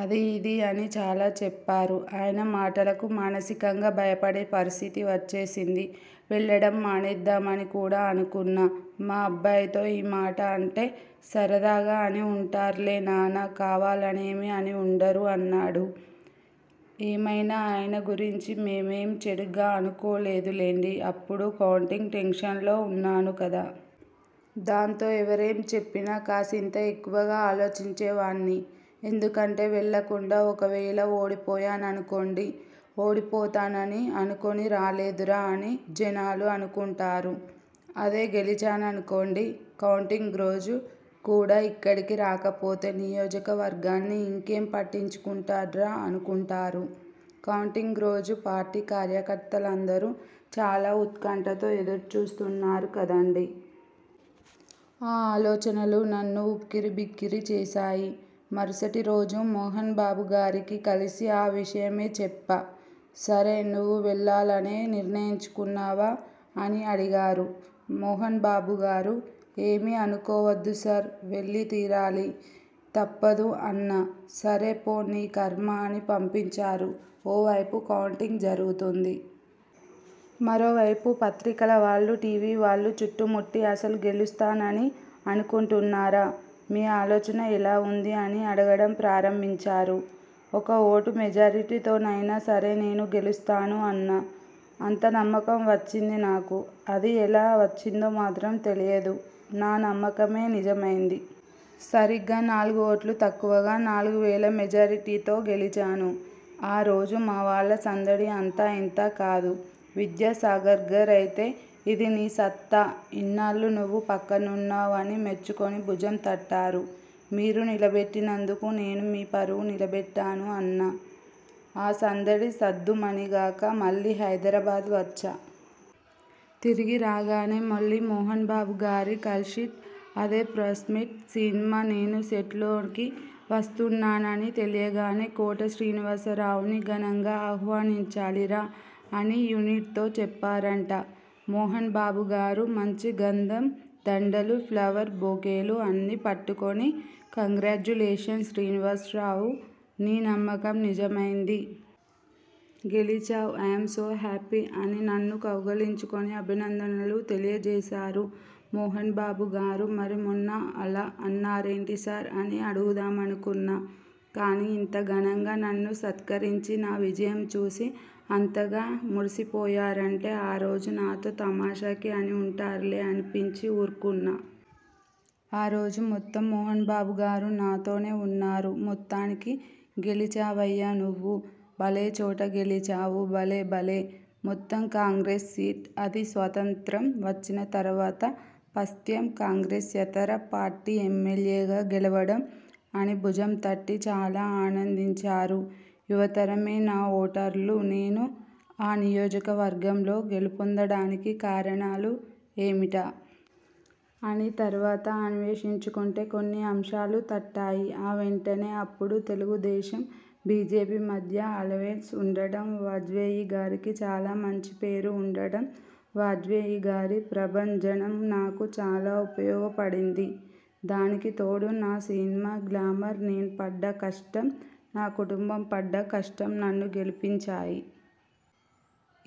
అదీ.. ఇదీ' అని చాలా చెప్పారు. ఆయన మాటలకు మానసికంగా భయపడే పరిస్థితి వచ్చేసింది. వెళ్ళడం మానేద్దామా అని కూడా అనుకున్నా. మా అబ్బాయితో ఈ మాటే అంటే 'సరదాగా అని ఉంటారులే నాన్నా.. కావాలనేమీ అని ఉండరు' అన్నాడు. ఏమైనా ఆయన గురించి మేమేమీ చెడుగా అనుకోలేదులెండిఅప్పుడు కౌంటింగ్ టెన్షన్లో ఉన్నాను కదా.. దాంతో ఎవరేం చెప్పినా కాసింత ఎక్కువగా ఆలోచించేవాణ్ణి. ఎందుకంటే వెళ్ళకుండా ఒకవేళ ఓడిపోయాననుకోండి.. 'ఓడిపోతానని అనుకుని రాలేదురా' అని జనాలు అనుకుంటారు.. అదే గెలిచాననుకోండి.. 'కౌంటింగ్రోజు కూడా ఇక్కడికి రాకపోతే, నియోజకవర్గాన్ని ఇంకేం పట్టించుకుంటాడ్రా' అనుకుంటారు.. కౌంటింగ్రోజు పార్టీ కార్యకర్తలందరూ చాలా ఉత్కంఠతో ఎదురుచూస్తారు కదండీ. ఆ ఆలోచనలు నన్ను ఉక్కిరిబిక్కిరి చేశాయి. మరుసటిరోజు మోహనబాబుగారికి కలిసి ఆ విషయమే చెప్పా. 'సరే నువ్వు వెళ్ళాలనే నిర్ణయించుకున్నావా' అని అడిగారు మోహన్బాబుగారు. 'ఏమీ అనుకోవద్దు సార్ వెళ్ళి తీరాలి. తప్పదు' అన్నా. 'సరే పో.. నీ ఖర్మ' అని పంపించారు. ఓ వైపు కౌంటింగ్ జరుగుతోంది.. మరోవైపు పత్రికలవాళ్ళు టీవీవాళ్ళు చుట్టుముట్టి.. 'అసలు గెలుస్తానని అనుకుంటున్నారా? మీ ఆలోచన ఎలా ఉంది' అని అడగడం ప్రారంభించారు. 'ఒక్క ఓటు మెజారిటీతోనైనా సరే నేను గెలుస్తాను' అన్నా. అంత నమ్మకం వచ్చింది నాకు. అది ఎలా వచ్చిందో మాత్రం తెలియదు. నా నమ్మకమే నిజమైంది. సరిగ్గా నాలుగుఓట్లు తక్కువగా నాలుగువేలు మెజార్టీతో గెలిచాను. ఆ రోజు మావాళ్ళ సందడి అంతా ఇంతా కాదు. విద్యాసాగర్గారైతే 'ఇదీ నీ సత్తా. ఇన్నాళ్ళూ నువ్వే పక్కనున్నావ్' అని మెచ్చుకుని భుజం తట్టారు. 'మీరు నిలబెట్టినందుకు నేను మీ పరువు నిలబెట్టాను' అన్నా. ఆ సందడి సద్దుమణిగాక మళ్ళీ హైదరాబాద్ వచ్చా. తిరిగి రాగానే మళ్ళీ మోహనబాబుగారి కాల్షీట్. అదే ప్రెస్మెట్ సినిమా. నేను సెట్లోకి వస్తున్నానని తెలియగానే 'కోట శ్రీనివాసరావుని ఘనంగా ఆహ్వానించాలిరా.. ' అని యూనిట్తో చెప్పారాంట మోహనబాబుగారు. మంచి గంధం దండలు, ఫ్లవర్ బొకేలు అన్నీ పట్టుకుని 'కంగ్రాట్యులేషన్స్ శ్రీనివాసరావు, నీ నమ్మకం నిజమైంది. గెలిచావు, అయామ్ సో హ్యాపీ.. ' అని నన్ను కౌగలించుకుని అభినందనలు తెలియజేశారు మోహనబాబుగారు. 'మరి మొన్న అలా అన్నారేంటి సార్.. ' అని అడుగుదామనుకున్నా. కానీ ఇంత ఘనంగా నన్ను సత్కరించి, నా విజయం చూసి అంతగా మురిసిపోయారంటే ఆ రోజు నాతో తమాషాకి అని ఉంటారులే అనిపించి ఊరకున్నా. ఆ రోజు మొత్తం మోహనబాబుగారు నాతోనే ఉన్నారు. 'మొత్తానికి గెలిచావయ్యా నువ్వు.. భలే చోట గెలిచావు.. భలే భలే.. మొత్తం కాంగ్రెస్ సీట్ అది. స్వాతంత్య్రం వచ్చిన తర్వాత ఫస్ట్టైమ్ కాంగ్రెస్యేతర పార్టీ ఎమ్మెల్యేగా గెలవడం.. ' అని భుజంతట్టి చాలా ఆనందించారు. యువతరమే నా ఓటర్లునేను ఆ నియోజకవర్గంలో గెలుపొందడానికి కారణాలు ఏమిటా? అని తర్వాత అన్వేషించుకుంటే కొన్ని అంశాలు తట్టాయి. అవేంటంటే అప్పుడు తెలుగుదేశం, బీజేపీ మధ్య అలయెన్స్ ఉండటం, వాజ్పేయిగారికి చాలా మంచి పేరు ఉండటం. వాజ్పేయిగారి ప్రభంజనం నాకు చాలా ఉపయోగపడింది. దానికి తోడు నా సినిమా గ్లామర్, నేనుపడ్డ కష్టం, నా కుటుంబంపడ్డ కష్టం నన్ను గెలిపించాయి.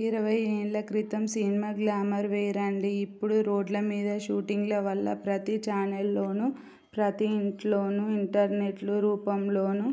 ఇరవైఏళ్ళ క్రితం సినిమా గ్లామర్ వేరండీ. ఇప్పుడు రోడ్లమీద షూటింగ్ల వల్ల, ప్రతి చానెల్లోనూ, ప్రతి ఇంట్లోనూ ఇంటర్నెట్ల రూపంలోనూ